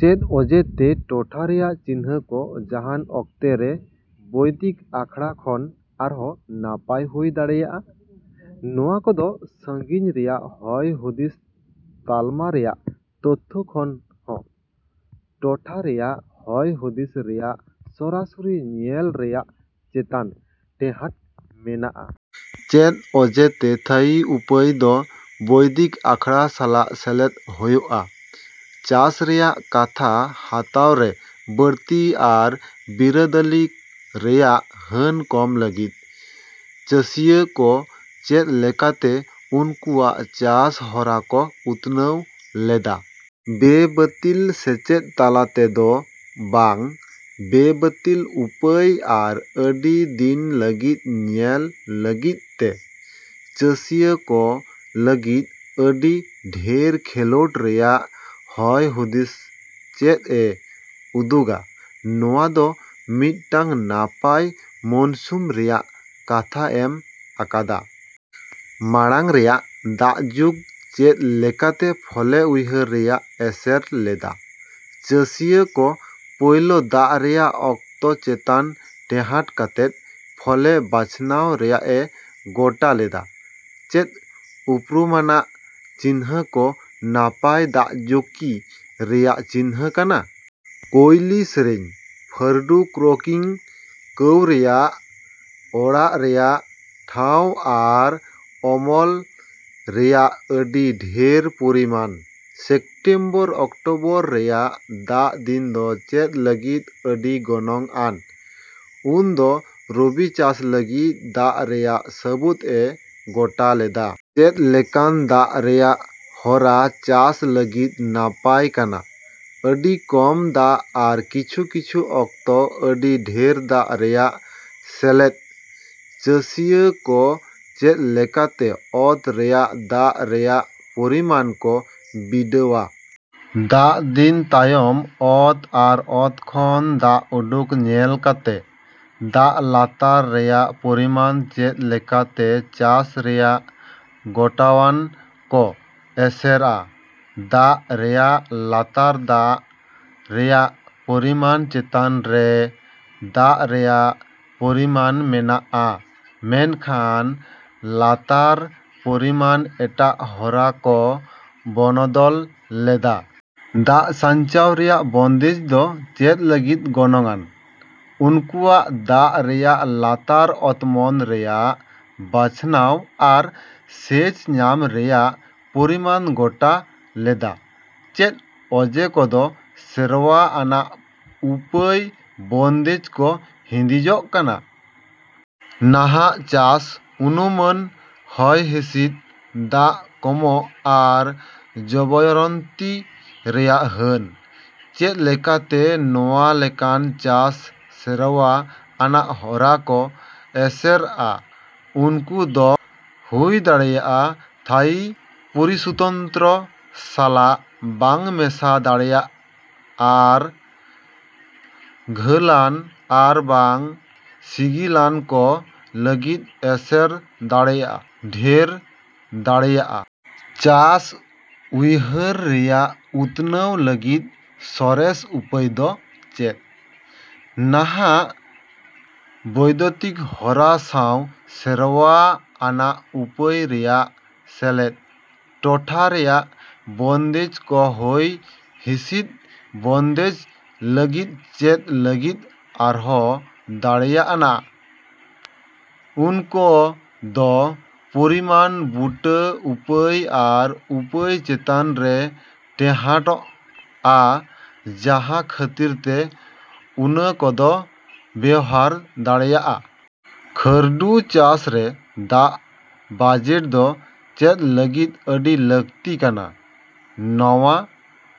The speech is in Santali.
ᱪᱮᱫ ᱚᱡᱮᱛᱮ ᱴᱚᱴᱷᱟ ᱨᱮᱭᱟᱜ ᱪᱤᱱᱦᱟᱹ ᱠᱚ ᱡᱟᱦᱟᱱ ᱚᱠᱛᱮ ᱨᱮ ᱵᱳᱭᱱᱫᱷᱤᱠ ᱟᱠᱷᱟᱲᱟ ᱠᱷᱚᱱ ᱟᱨᱦᱚᱸ ᱱᱟᱯᱟᱭ ᱦᱩᱭ ᱫᱟᱲᱮᱭᱟᱜᱼᱟ? ᱱᱚᱶᱟ ᱠᱚᱫᱚ ᱥᱟᱹᱜᱤᱧ ᱨᱮᱭᱟᱜ ᱦᱚᱭᱦᱩᱫᱤᱥ ᱛᱟᱞᱢᱟ ᱨᱮᱭᱟᱜ ᱛᱚᱛᱛᱟ ᱠᱷᱚᱱ ᱦᱚᱸ ᱴᱚᱴᱷᱟ ᱨᱮᱭᱟᱜ ᱦᱚᱭᱦᱩᱫᱤᱥ ᱨᱮᱭᱟᱜ ᱥᱚᱨᱟᱥᱚᱨᱤ ᱧᱮᱞ ᱨᱮᱭᱟᱜ ᱪᱮᱛᱟᱱ ᱴᱮᱦᱟᱴ ᱢᱮᱱᱟᱜᱼᱟ ᱾ ᱪᱮᱫ ᱚᱡᱮᱛᱮ ᱛᱷᱟᱭᱤ ᱩᱯᱟᱹᱭ ᱫᱚ ᱵᱳᱭᱱᱫᱷᱤᱠ ᱟᱠᱷᱟᱲᱟ ᱥᱟᱞᱟᱜ ᱥᱮᱞᱮᱫ ᱦᱳᱭᱳᱜᱼᱟ ᱾ ᱪᱟᱥ ᱨᱮᱭᱟᱜ ᱠᱟᱛᱷᱟ ᱦᱟᱛᱟᱣ ᱨᱮ ᱵᱟᱹᱲᱛᱤ ᱟᱨ ᱵᱤᱨᱟᱹᱫᱟᱹᱞᱤ ᱨᱮᱭᱟᱜ ᱦᱟᱹᱱ ᱠᱚᱢ ᱞᱟᱹᱜᱤᱫ ᱾ ᱪᱟᱥᱤᱭᱟᱹ ᱠᱚ ᱪᱮᱫ ᱞᱮᱠᱟᱛᱮ ᱩᱱᱠᱩᱭᱟᱜ ᱪᱟᱥ ᱦᱚᱨᱟ ᱠᱚ ᱩᱛᱱᱟᱹᱣ ᱞᱮᱫᱟ ᱾ ᱵᱮᱼᱵᱟᱹᱛᱤᱞ ᱥᱮᱪᱮᱫ ᱛᱟᱞᱟᱛᱮ ᱫᱚ ᱵᱟᱝ, ᱵᱮᱼᱵᱟᱹᱛᱤᱞ ᱩᱯᱟᱹᱭ ᱟᱨ ᱟᱹᱰᱤ ᱫᱤᱱ ᱞᱟᱹᱜᱤᱫ ᱧᱮᱞ ᱞᱟᱹᱜᱤᱫ ᱛᱮ ᱾ ᱪᱟᱥᱤᱭᱟᱹ ᱠᱚ ᱞᱟᱹᱜᱤᱫ ᱟᱹᱰᱤ ᱰᱷᱮᱨ ᱠᱷᱮᱹᱞᱳᱰ ᱨᱮᱭᱟᱜ ᱦᱚᱭᱦᱩᱫᱤᱥ ᱪᱮᱫ ᱮ ᱩᱫᱩᱜᱟ? ᱱᱚᱶᱟ ᱫᱚ ᱢᱤᱫᱴᱟᱝ ᱱᱟᱯᱟᱭ ᱢᱩᱱᱥᱩᱢ ᱨᱮᱭᱟᱜ ᱠᱟᱛᱷᱟ ᱮᱢ ᱟᱠᱟᱫᱟ ᱾ ᱢᱟᱲᱟᱝ ᱨᱮᱭᱟᱜ ᱫᱟᱜᱡᱩᱠ ᱪᱮᱫ ᱞᱮᱠᱟᱛᱮ ᱯᱷᱚᱞᱮ ᱩᱭᱦᱟᱹᱨ ᱨᱮᱭᱟᱜ ᱮᱥᱮᱨ ᱞᱮᱫᱟᱭ ᱾ ᱪᱟᱥᱤᱭᱟᱹ ᱠᱚ ᱯᱳᱭᱞᱳ ᱫᱟᱜ ᱨᱮᱭᱟᱜ ᱚᱠᱛᱚ ᱪᱮᱛᱟᱱ ᱴᱮᱦᱟᱴ ᱠᱟᱛᱮ ᱯᱷᱚᱞᱮ ᱵᱟᱪᱷᱱᱟᱣ ᱨᱮᱭᱟᱜ ᱮ ᱜᱚᱴᱟ ᱞᱮᱫᱟ ᱾ ᱪᱮᱫ ᱩᱯᱨᱩᱢᱟᱱᱟᱜ ᱪᱤᱱᱦᱟᱹ ᱠᱚ ᱱᱟᱯᱟᱭ ᱫᱟᱜᱡᱩᱠᱤ ᱨᱮᱭᱟᱜ ᱪᱤᱱᱦᱟᱹ ᱠᱟᱱᱟ? ᱠᱳᱭᱞᱤ ᱥᱮᱹᱨᱮᱹᱧ, ᱯᱷᱟᱹᱨᱰᱩ ᱠᱨᱚᱠᱤᱝ, ᱠᱟᱣ ᱨᱮᱭᱟᱜ ᱚᱲᱟᱜ ᱨᱮᱭᱟᱜ ᱴᱷᱟᱶ ᱟᱨ ᱟᱢᱚᱞ ᱨᱮᱭᱟᱜ ᱟᱹᱰᱤ ᱰᱷᱮᱨ ᱯᱚᱨᱤᱢᱟᱱ ᱾ ᱥᱮᱯᱴᱮᱢᱵᱚᱨᱼ ᱚᱠᱴᱳᱵᱚᱨ ᱨᱮᱭᱟᱜ ᱫᱟᱜ ᱫᱤᱱ ᱫᱚ ᱪᱮᱫ ᱞᱟᱹᱜᱤᱫ ᱟᱹᱰᱤ ᱜᱚᱱᱚᱝ ᱟᱱ? ᱩᱱ ᱫᱚ ᱨᱚᱵᱤ ᱪᱟᱥ ᱞᱟᱹᱜᱤᱫ ᱫᱟᱜ ᱨᱮᱭᱟᱜ ᱥᱟᱹᱵᱩᱫ ᱮ ᱜᱚᱴᱟ ᱞᱮᱫᱟ ᱾ ᱪᱮᱫ ᱞᱮᱠᱟᱱ ᱫᱟᱜ ᱨᱮᱭᱟᱜ ᱦᱚᱨᱟ ᱪᱟᱥ ᱞᱟᱹᱜᱤᱫ ᱱᱟᱯᱟᱭ ᱠᱟᱱᱟ? ᱟᱹᱰᱤ ᱠᱚᱢ ᱫᱟᱜ ᱟᱨ ᱠᱤᱪᱷᱩ ᱠᱤᱪᱷᱩ ᱚᱠᱛᱚ ᱟᱹᱰᱤ ᱰᱷᱮᱨ ᱫᱟᱜ ᱨᱮᱭᱟᱜ ᱥᱮᱞᱮᱫ ᱾ ᱪᱟᱥᱤᱭᱟᱹ ᱠᱚ ᱪᱮᱫ ᱞᱮᱠᱟᱛᱮ ᱚᱛ ᱨᱮᱭᱟᱜ ᱫᱟᱜ ᱨᱮᱭᱟᱜ ᱯᱚᱨᱤᱢᱟᱱ ᱠᱚ ᱵᱤᱰᱟᱹᱣᱼᱟ? ᱫᱟᱜ ᱫᱤᱱ ᱛᱟᱭᱚᱢ ᱚᱛ ᱟᱨ ᱚᱛ ᱠᱷᱚᱱ ᱫᱟᱜ ᱩᱰᱩᱠ ᱧᱮᱞ ᱠᱟᱛᱮ ᱾ ᱫᱟᱜ ᱞᱟᱛᱟᱨ ᱨᱮᱭᱟᱜ ᱯᱚᱨᱤᱢᱟᱱ ᱪᱮᱫ ᱞᱮᱠᱟᱛᱮ ᱪᱟᱥ ᱨᱮᱭᱟᱜ ᱜᱚᱴᱟᱣᱟᱱ ᱠᱚ ᱮᱥᱮᱨᱼᱟ? ᱫᱟᱜ ᱨᱮᱭᱟᱜ ᱞᱟᱛᱟᱨ ᱫᱟᱜ ᱨᱮᱭᱟᱜ ᱯᱚᱨᱤᱢᱟᱱ ᱪᱮᱛᱟᱱ ᱨᱮ ᱫᱟᱜ ᱨᱮᱭᱟᱜ ᱯᱚᱨᱤᱢᱟᱱ ᱢᱮᱱᱟᱜ ᱟ, ᱢᱮᱱᱠᱷᱟᱱ ᱞᱟᱛᱟᱨ ᱯᱚᱨᱤᱢᱟᱱ ᱮᱴᱟᱜ ᱦᱚᱨᱟ ᱠᱚ ᱵᱚᱱᱚᱫᱚᱞ ᱞᱮᱫᱟ ᱾ ᱫᱟᱜ ᱥᱟᱧᱪᱟᱣ ᱨᱮᱭᱟᱜ ᱵᱚᱱᱫᱮᱡ ᱫᱚ ᱪᱮᱫ ᱞᱟᱹᱜᱤᱫ ᱜᱚᱱᱚᱝ ᱟᱱ? ᱩᱱᱠᱩᱭᱟᱜ ᱫᱟᱜ ᱨᱮᱭᱟᱜ ᱞᱟᱛᱟᱨ ᱚᱛᱢᱚᱱ ᱨᱮᱭᱟᱜ ᱵᱟᱪᱷᱱᱟᱣ ᱟᱨ ᱥᱮᱪ ᱧᱟᱢ ᱨᱮᱭᱟᱜ ᱯᱚᱨᱤᱢᱟᱱ ᱜᱚᱴᱟ ᱞᱮᱫᱟ ᱾ ᱪᱮᱫ ᱚᱡᱮ ᱠᱚᱫᱚ ᱥᱮᱨᱣᱟ ᱟᱱᱟᱜ ᱩᱯᱟᱹᱭ ᱵᱚᱱᱫᱮᱡ ᱠᱚ ᱦᱤᱫᱤᱡᱚᱜ ᱠᱟᱱᱟ? ᱱᱟᱦᱟᱜ ᱪᱟᱥ, ᱚᱱᱩᱢᱟᱹᱱ ᱦᱚᱭᱦᱤᱥᱤᱫ, ᱫᱟᱜ ᱠᱚᱢᱚᱜ ᱟᱨ ᱡᱚᱵᱚᱭᱟᱨᱚᱱᱛᱤ ᱨᱮᱭᱟᱜ ᱦᱟᱹᱱ ᱾ ᱪᱮᱫ ᱞᱮᱠᱟᱛᱮ ᱱᱟᱶᱟ ᱞᱮᱠᱟᱱ ᱪᱟᱥ ᱥᱮᱨᱣᱟ ᱟᱱᱟᱜ ᱦᱚᱨᱟ ᱠᱚ ᱮᱥᱮᱨᱼᱟ? ᱩᱱᱠᱩ ᱫᱚ ᱦᱩᱭᱫᱟᱲᱮᱭᱟᱜᱼᱟ ᱛᱷᱟᱭᱤ ᱯᱚᱨᱤᱥᱩᱛᱚᱱᱛᱚᱨᱚ ᱥᱟᱞᱟᱜ ᱵᱟᱝ ᱢᱮᱥᱟ ᱫᱟᱲᱮᱭᱟᱜᱼᱟ ᱟᱨ ᱜᱷᱟᱹᱞᱟᱱ ᱟᱨ ᱵᱟᱝ ᱥᱤᱜᱤᱞᱟᱱ ᱠᱚ ᱞᱟᱹᱜᱤᱫ ᱮᱥᱮᱨ ᱫᱟᱲᱮ ᱰᱷᱮᱨ ᱫᱟᱲᱮᱭᱟᱜᱼᱟ ᱾ ᱪᱟᱥ ᱩᱭᱦᱟᱹᱨ ᱨᱮᱭᱟᱜ ᱩᱛᱱᱟᱹᱣ ᱞᱟᱹᱜᱤᱫ ᱥᱚᱨᱮᱥ ᱩᱯᱟᱹᱭ ᱫᱚ ᱪᱮᱫ? ᱱᱟᱦᱟᱜ ᱵᱳᱭᱫᱽᱛᱤᱠ ᱦᱚᱨᱟ ᱥᱟᱶ ᱥᱮᱨᱣᱟ ᱟᱱᱟᱜ ᱩᱯᱟᱹᱭ ᱨᱮᱭᱟᱜ ᱥᱮᱞᱮᱫ ᱾ ᱴᱚᱴᱷᱟ ᱨᱮᱭᱟᱜ ᱵᱚᱱᱫᱮᱡ ᱠᱚ ᱦᱚᱭ ᱦᱤᱥᱤᱫ ᱵᱚᱱᱫᱮᱡ ᱞᱟᱹᱜᱤᱫ ᱪᱮᱫ ᱞᱟᱹᱜᱤᱫ ᱟᱨᱦᱚᱸ ᱫᱟᱲᱮᱹᱣᱟᱱᱟᱜ? ᱩᱱᱠᱚ ᱫᱚ ᱯᱚᱨᱤᱢᱟᱱᱼᱵᱩᱴᱟᱹ ᱩᱯᱟᱹᱭ ᱟᱨ ᱩᱯᱟᱹᱭ ᱪᱮᱛᱟᱱ ᱨᱮ ᱴᱮᱦᱟᱴᱚᱜᱼᱟ, ᱡᱟᱦᱟᱸ ᱠᱷᱟᱹᱛᱤᱨ ᱛᱮ ᱩᱱᱟ ᱠᱚᱫᱚ ᱵᱮᱣᱦᱟᱨ ᱫᱟᱲᱮᱹᱭᱟᱜᱼᱟ ᱾ ᱠᱷᱟᱹᱨᱰᱩ ᱪᱟᱥ ᱨᱮ ᱫᱟᱜ ᱵᱟᱡᱮᱴ ᱫᱚ ᱪᱮᱫ ᱞᱟᱹᱜᱤᱫ ᱟᱹᱰᱤ ᱞᱟᱹᱠᱛᱤ ᱠᱟᱱᱟ? ᱱᱚᱶᱟ